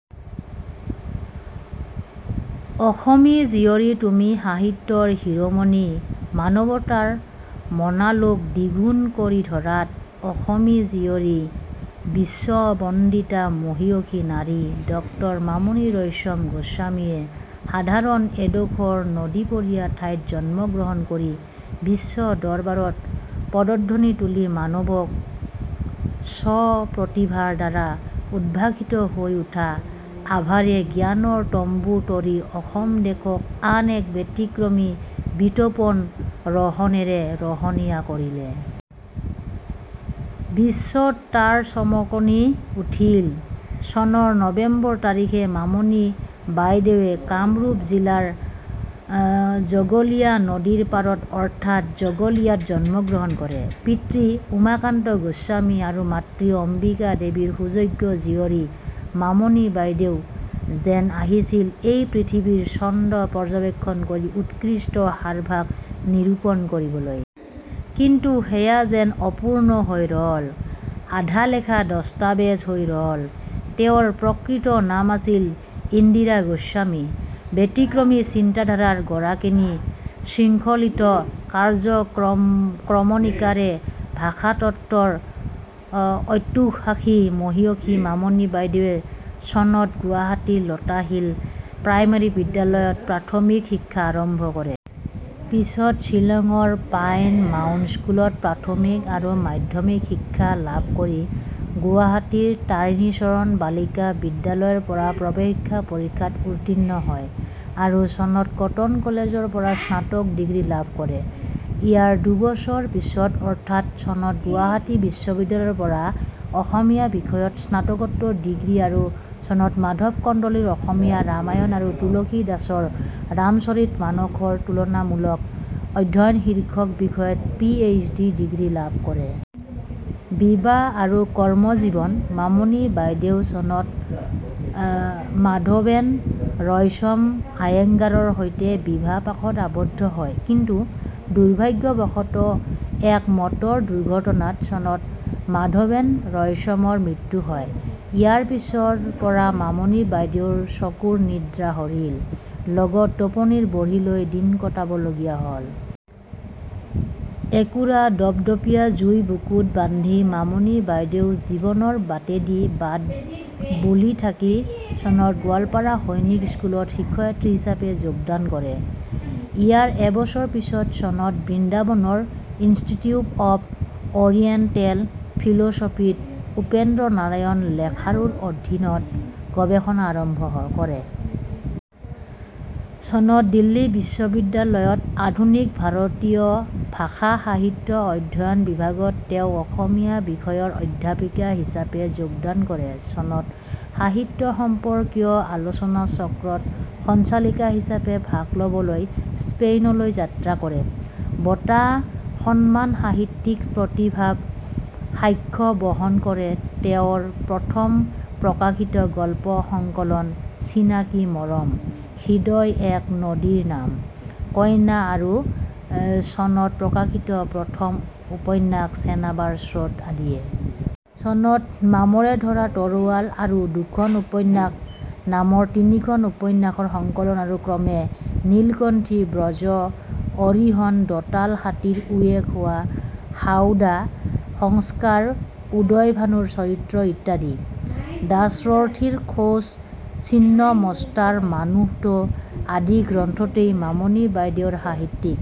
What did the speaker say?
অসমী জীয়ৰী তুমি সাহিত্যৰ শিৰোমণি মানৱৰ মনালোক দ্বিগুণ কৰি ধৰাত অসমী জীয়ৰী বিশ্ববন্দিতা মহীয়সী নাৰী ড মামণি ৰয়ছম গোস্বামীয়ে সাধাৰণ এডোখৰ নদীপৰীয়া ঠাইত জন্মগ্ৰহণ কৰি বিশ্ব দৰবাৰত পদধ্বনি তুলি মানৱক স্ব-প্ৰতিভাৰ দ্বাৰা উদ্ভাষিত হৈ উঠা আভাৰে জ্ঞানৰ তম্বু তৰি অসম দেশক আন এক ব্যতিক্ৰমী বিতোপন ৰহণেৰে ৰহণীয়া কৰিলে। বিশ্বত তাৰ চমকণি উঠিল। চনৰ নৱেম্বৰ তাৰিখে মামণি বাইদেৱে কামৰূপ জিলাৰ জগলীয়া নদীৰ পাৰত অৰ্থাৎ জগলিয়াত জন্মগ্ৰহণ কৰে। পিতৃ উমাকান্ত গোস্বামী আৰু মাতৃ অম্বিকা দেৱীৰ সুযোগ্য জীয়ৰী মামণি বাইদেউ যেন আহিছিল এই পৃথিৱীৰ ছন্দ পৰ্যবেক্ষণ কৰি উৎকৃষ্ট সাৰভাগ নিৰূপণ কৰিবলৈ। কিন্তু সেয়া যেন অপূৰ্ণ হৈ ৰ'ল। আধা লেখা দস্তাবেজ হৈ ৰ'ল। তেওঁৰ প্ৰকৃত নাম আছিল ইন্দিৰা গোস্বামী। ব্যতিক্ৰমী চিন্তাধাৰাৰ গৰাকিনী, শৃংখলিত কাৰ্য-ক্ৰমণিকাৰে ভাষাতত্বৰ অত্যুৎসাহী মহীয়সী মামণি বাইদেৱে চনত গুৱাহাটীৰ লতাশিল প্ৰাইমেৰী বিদ্যালয়ত প্ৰাথমিক শিক্ষা আৰম্ভ কৰে। পিছত শ্বিলঙৰ পাইন মাউন্ট স্কুলত প্ৰাথমিক আৰু মাধ্যমিক শিক্ষা লাভ কৰি গুৱাহাটীৰ তাৰিণীচৰণ বালিকা বিদ্যালয়ৰ পৰা প্ৰৱেশিকা পৰীক্ষাত উত্তীৰ্ণ হয় আৰু চনত কটন কলেজৰ পৰা স্নাতক ডিগ্ৰী লাভ কৰে। ইয়াৰ দুবছৰৰ পিছত অৰ্থাৎ চনত গুৱাহাটী বিশ্ববিদ্যালয়ৰ পৰা অসমীয়া বিষয়ত স্নাতকোত্তৰ ডিগ্ৰী আৰু চনত 'মাধৱ কন্দলিৰ অসমীয়া ৰামায়ণ আৰু তুলসী দাসৰ ৰামচৰিত মানসৰ তুলনামূলক অধ্যয়ন' শীৰ্ষক বিষয়ত পি, এইচ্, ডি ডিগ্ৰী লাভ কৰে। বিবাহ আৰু কৰ্মজীৱন মামণি বাইদেউ চনত মাধৱেন ৰয়ছম আয়েংগাৰৰ সৈতে বিবাহ পাশত আৱদ্ধ হয়। কিন্তু দুৰ্ভাগ্যবশতঃ এক মটৰ দুৰ্ঘটনাত চনত মাধৱেন ৰয়ছমৰ মৃত্যু হয়। ইয়াৰ পিছৰ পৰা মামণি বাইদেউৰ চকুৰ নিদ্ৰা হৰিল৷ লগত টোপনিৰ বড়ি লৈ দিন কটাবলগীয়া হ'ল। একুৰা দপদপীয়া জুই বুকুত বান্ধি মামণি বাইদেউ জীৱনৰ বাটেদি বাট বুলি থাকি চনত গোৱালপাৰা সৈনিক স্কুলত শিক্ষয়িত্ৰী হিচাপে যোগদান কৰে। ইয়াৰ এবছৰৰ পিছত চনত বৃন্দাবনৰ ইনষ্টিটিউট অৱ অৰিয়েণ্টেল ফিল'ছফিত উপেন্দ্ৰনাৰায়ণ লেখাৰুৰ অধীনত গৱেষণা আৰম্ভ কৰে। চনত দিল্লী বিশ্ববিদ্যালয়ত আধুনিক ভাৰতীয় ভাষা সাহিত্য অধ্যয়ন বিভাগত তেওঁ অসমীয়া বিষয়ৰ অধ্যাপিকা হিচাপে যোগদান কৰে। চনত সাহিত্য সম্পৰ্কীয় আলোচনা চক্ৰত সঞ্চালিকা হিচাপে ভাগ ল'বলৈ স্পেইনলৈ যাত্ৰা কৰে ৷ বঁটা, সন্মান সাহিত্যিক প্ৰতিভাব সাক্ষ্য বহন কৰে তেওঁৰ প্ৰথম প্ৰকাশিত গল্প সংকলন 'চিনাকি মৰম'-, 'হৃদয় এক নদীৰ নাম'-, 'কইনা'- আৰু চনত প্ৰকাশিত প্ৰথম উপন্যাস 'চেনাবৰ স্ৰোত' আদিয়ে। চনত 'মামৰে ধৰা তৰোৱাল আৰু দুখন উপন্যাস নামৰ তিনিখন উপন্যাসৰ সংকলন আৰু ক্ৰমে 'নীলকণ্ঠী ব্ৰজ', অহিৰণ, 'দঁতাল হাতীৰ উঁৱে খোৱা হাওদা', সংস্কাৰ, উদয়ভানুৰ চৰিত্ৰ ইত্যাদি', 'দাসৰৰ্থীৰ খোজ', 'ছিন্নমস্তাৰ মানুহটো', আদি গ্ৰন্থতেই মামণি বাইদেউৰ সাহিত্যিক